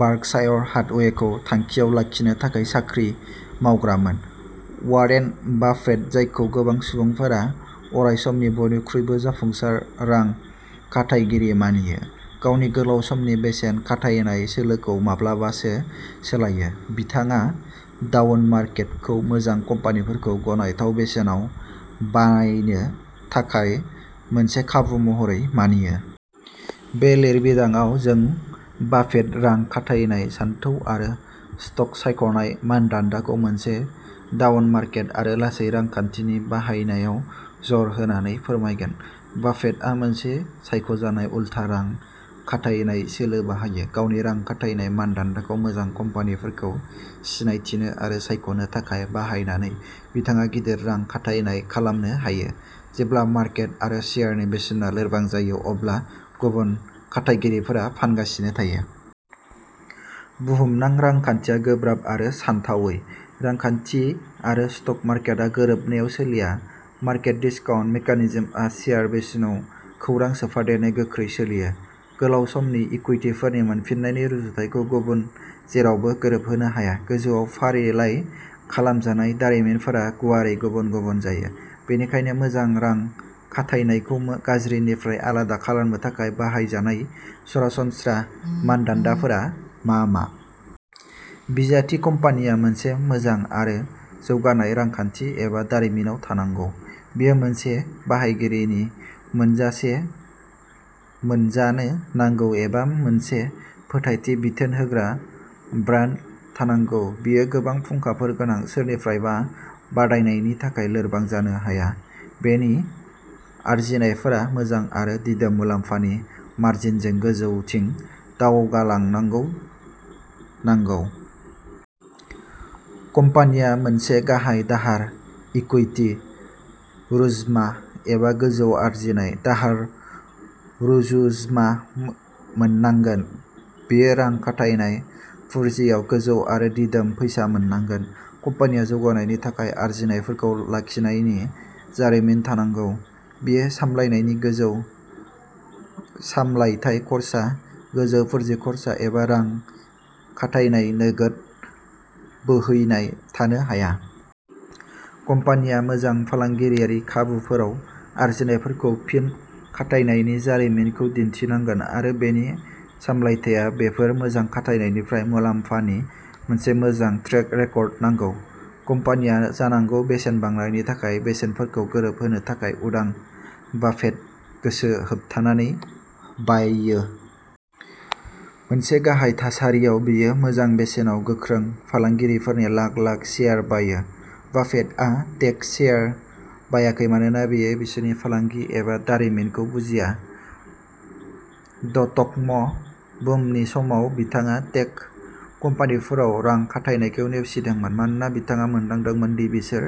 Berkshire हाथवेखौ थांखियाव लाखिनो थाखाय साख्रि मावग्रामोन? "वारेन बाफेट, जायखौ गोबां सुबुंफोरा अरायसमनि बयनिख्रुइबो जाफुंसार रां खाथायगिरि मानियो, गावनि गोलाव समनि बेसेन खाथायनाय सोलोखौ माब्लाबासो सोलायो। बिथाङा डाउन मार्केटखौ मोजां कम्पानिफोरखौ गनायथाव बेसेनाव बायनो थाखाय मोनसे खाबु महरै मानियो। बे लिरबिदांआव, जों बाफेट रां खाथायनाय सानथौ आरो स्टक-सायख'नाय मानदान्दाखौ मोनसे डाउन मार्केट आरो लासै रांखान्थिनि बाहायनायाव जर होनानै फोरमायगोन। बाफेटआ मोनसे सायख'जानाय उल्था रां खाथायनाय सोलो बाहायो। गावनि रां खाथायनाय मानदान्दाखौ मोजां कम्पानिफोरखौ सिनायथिनो आरो सायख'नो थाखाय बाहायनानै, बिथाङा गिदिर रां खाथायनाय खालामनो हायो जेब्ला मार्केट आरो शेयारनि बेसेना लोरबां जायो आरो जेब्ला गुबुन रां खाथायगिरिफोरा फानगासिनो थायो। बुहुमनां रांखान्थिया गोब्राब आरो सानथावै। रांखान्थि आरो स्टक मार्केटआ गोरोबनायाव सोलिया। मार्केट डिस्काउन्ट मेकानिजमआ शेयार बेसेनाव खौरां सोफादेरनो गोख्रै सोलियो। गोलाव समनि इकुइटिफोरनि मोनफिन्नायनि रुजुथायखौ गुबुन जेरावबो गोरोबहोनो हाया। गोजौआव फारिलाइ खालामजानाय दारिमिनफोरा गुवारै गुबुन-गुबुन जायो, बेनिखायनो मोजां रां खाथायनायखौ गाज्रिनिफ्राय आलादा खालामनो थाखाय बाहायजानाय सरासनस्रा मानदान्दाफोरा मा मा? बिजाथि कम्पानिया मोनसे मोजां आरो जौगानाय रांखान्थि एबा दारिमिनाव थानांगौ। बेयो मोनसे बाहायगिरिनि मोनजासे मोनजानो नांगौ एबा मोनसे फोथायथि-बिथोन होग्रा ब्रान्ड थानांगौ। बेयो गोबां फुंखाफोर गोनां सोरनिफ्रायबा बादायनायनि थाखाय लोरबां जानो हाया। बेनि आर्जिनायफोरा मोजां आरो दिदोम मुलाम्फानि मार्जिनजों गोजौथिं दावगालांनांगौ नांगौ। कम्पानिया मोनसे गाहाय दाहार/इकुइटि रुजमा एबा मोनसे गोजौ आर्जिनाय/दाहार रुजमा मोननांगोन। बेयो रां खाथायनाय पुँजियाव गोजौ आरो दिदोम फैसा मोननांगोन। कम्पानिया जौगानायनि थाखाय आर्जिनायफोरखौ लाखिनायनि जारिमिन थानांगौ। बेयो सामलायनायनि गोजौ सामलायथाय खर्सा, गोजौ पुजि खर्सा एबा रां खाथायनाय नोगोद बोहैनाय थानो हाया। कम्पानिया मोजां फालांगियारि खाबुफोराव आर्जिनायफोरखौ फिन खाथायनायनि जारिमिनखौ दिन्थिनांगोन, आरो बेनि सामलायथाया बेफोर रां खाथायनायनिफ्राय मुलाम्फानि मोनसे मोजां ट्रेक रेकर्ड नांगौ। कम्पानिया जानांगौ बेसेन बांनायनि थाखाय बेसेनफोरखौ गोरोबहोनो थाखाय उदां। बाफेटआ गोसो होथाबनानै बाययो। मोनसे गाहाय थासारियाव, बियो मोजां बेसेनाव गोख्रों फालांगिफोरनि लाख-लाख शेयार बायो। बाफेटआ टेक शेयार बायाखै मानोना बियो बिसोरनि फालांगि एबा दारिमिनखौ बुजिया; डटकम' बुमनि समाव, बिथाङा टेक कम्पानिफोराव रां खाथायनायखौ नेवसिदोंमोन मानोना बिथाङा मोनदांदोंमोन दि बिसोर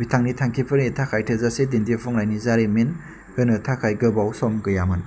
बिथांनि थांखिफोरनि थाखाय थोजासे दिन्थिफुंनायनि जारिमिन होनो थाखाय गोबाव सम गैयामोन।